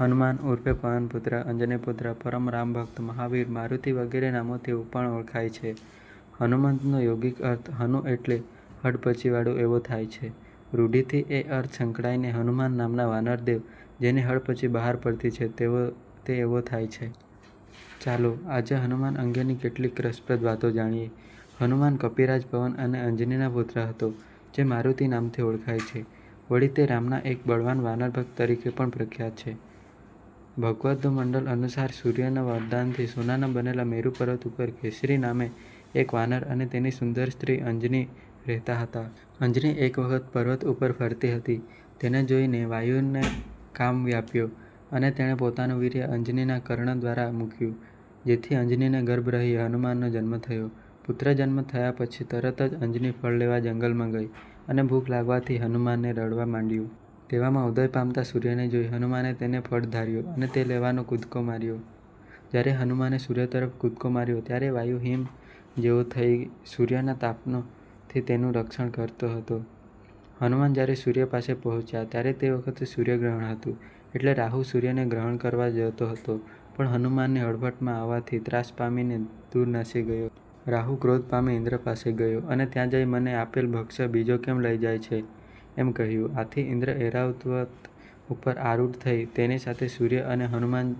હનુમાન ઉર્ફે પવનપુત્ર, અંજનીપુત્ર, પરમ રામભક્ત, મહાવીર, મારુતિ વગેરે વગેરે નામોથી પણ ઓળખાય છે. હનુમત્નો યોગિક અર્થ હનુ એટલે હડપચીવાળું એવો થાય છે. રૂઢિથી એ અર્થ સંકડાઈ ને હનુમાન નામના વાનરદેવ, જેની હડપચી બહાર પડતી છે તે એવો થાય છે. ચાલો આજે હનુમાન અંગેની કેટલીક રસપ્રદ વાતો જાણીએ. હનુમાન કપિરાજ પવન અને અંજનીના પુત્ર હતા જે મારુતિ નામથી ઓળખાય છે. વળી તે રામના એક બળવાન વાનર ભક્ત તરીકે પણ પ્રખ્યાત છે. ભગવદ્ગોમંડલ અનુસાર સૂર્યના વરદાનથી સોનાના બનેલા મેરુ પર્વત ઉપર કેસરી નામે એક વાનર અને તેની સુંદર સ્ત્રી અંજની રહેતા હતા. અંજની એક વખત પર્વત ઉપર ફરતી હતી, તેને જોઈને વાયુને કામ વ્યાપ્યો અને તેણે પોતાનું વીર્ય અંજનીના કર્ણ દ્વારા મૂક્યું જેથી અંજનીને ગર્ભ રહી હનુમાનનો જન્મ થયો. પુત્રજન્મ થયા પછી તરત જ અંજની ફળ લેવા જંગલમાં ગઈ અને ભૂખ લાગવાથી હનુમાને રડવા માંંડ્યું. તેવામાં ઉદય પામતા સૂર્યને જોઈ હનુમાને તેને ફળ ધાર્યું અને તે લેવાને કૂદકો માર્યો. જ્યારે હનુમાને સૂર્ય તરફ કૂદકો માર્યો ત્યારે વાયુ હિમ જેવો થઈ સૂર્યના તાપથી તેનું રક્ષણ કરતો હતો. હનુમાન જ્યારે સૂર્ય પાસે પહોંચ્યા ત્યારે તે વખતે સૂર્યગ્રહણ હતું એટલે રાહુ સૂર્યને ગ્રહણ કરવા જતો હતો પણ હનુમાનની હડફટમાં આવવાથી ત્રાસ પામીને દૂર નાસી ગયો. રાહુ ક્રોધ પામી ઇન્દ્ર પાસે ગયો અને ત્યાં જઈ 'મને આપેલ ભક્ષ્ય બીજો કેમ લઈ જાય છે? ' એમ કહ્યું. આથી ઇન્દ્ર ઐરાવત ઉપર આરુઢ થઈ તેની સાથે સૂર્ય અને હનુમાન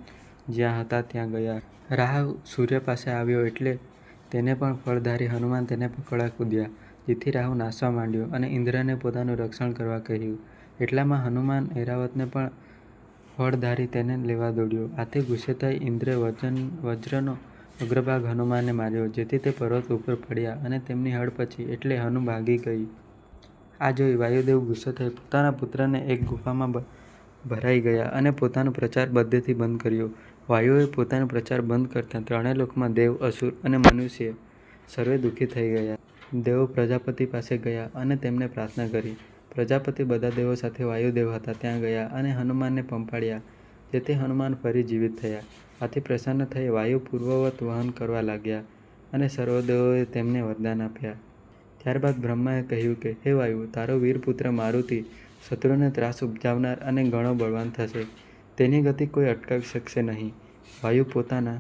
જ્યાં હતા ત્યાં ગયા. રાહુ સૂર્ય પાસે આવ્યો એટલે તેને પણ ફળ ધારી હનુમાન તેને પકડવા કૂદ્યા જેથી રાહુ નાસવા માંડ્યો અને ઇન્દ્રને પોતાનું રક્ષણ કરવા કહ્યું. એટલામાં હનુમાન ઐરાવતને પણ ફળ ધારી તેને લેવા દોડ્યા. આથી ગુસ્સે થઈ ઇન્દ્રે વજ્રનો અગ્રભાગ હનુમાનને માર્યો જેથી તે પર્વત ઉપર પડ્યા અને તેમની હડપચી એટલે કે હનુ ભાંગી ગઈ. આ જોઈ વાયુદેવ ગુસ્સે થઈ પોતાના પુત્રને લઈ એક ગુફામાં ભરાઈ ગયા અને પોતાનો પ્રચાર બધેથી બંધ કર્યો. વાયુએ પોતાનો પ્રચાર બંધ કરતા ત્રણે લોકમાં દેવ, અસુર અને મનુષ્ય સર્વે દુખી થઈ ગયા. દેવો પ્રજાપતિ પાસે ગયા અને તેમને પ્રાર્થના કરી. પ્રજાપતિ બધા દેવો સાથે વાયુદેવ હતા ત્યાં ગયા અને હનુમાનને પંપાળ્યા જેથી હનુમાન ફરી જીવિત થયા. આથી પ્રસન્ન થઈ વાયુ પૂર્વવત વહન કરવા લાગ્યા અને સર્વ દેવોએ તેને વરદાન આપ્યા. ત્યારબાદ બ્રહ્માએ કહ્યું કે, 'હે વાયુ! તારો વીરપુત્ર મારુતિ શત્રુને ત્રાસ ઉપજાવનાર અને ઘણો બળવાન થશે; તેની ગતિ કોઈ અટકાવી શકશે નહિ. ' વાયુ પોતાના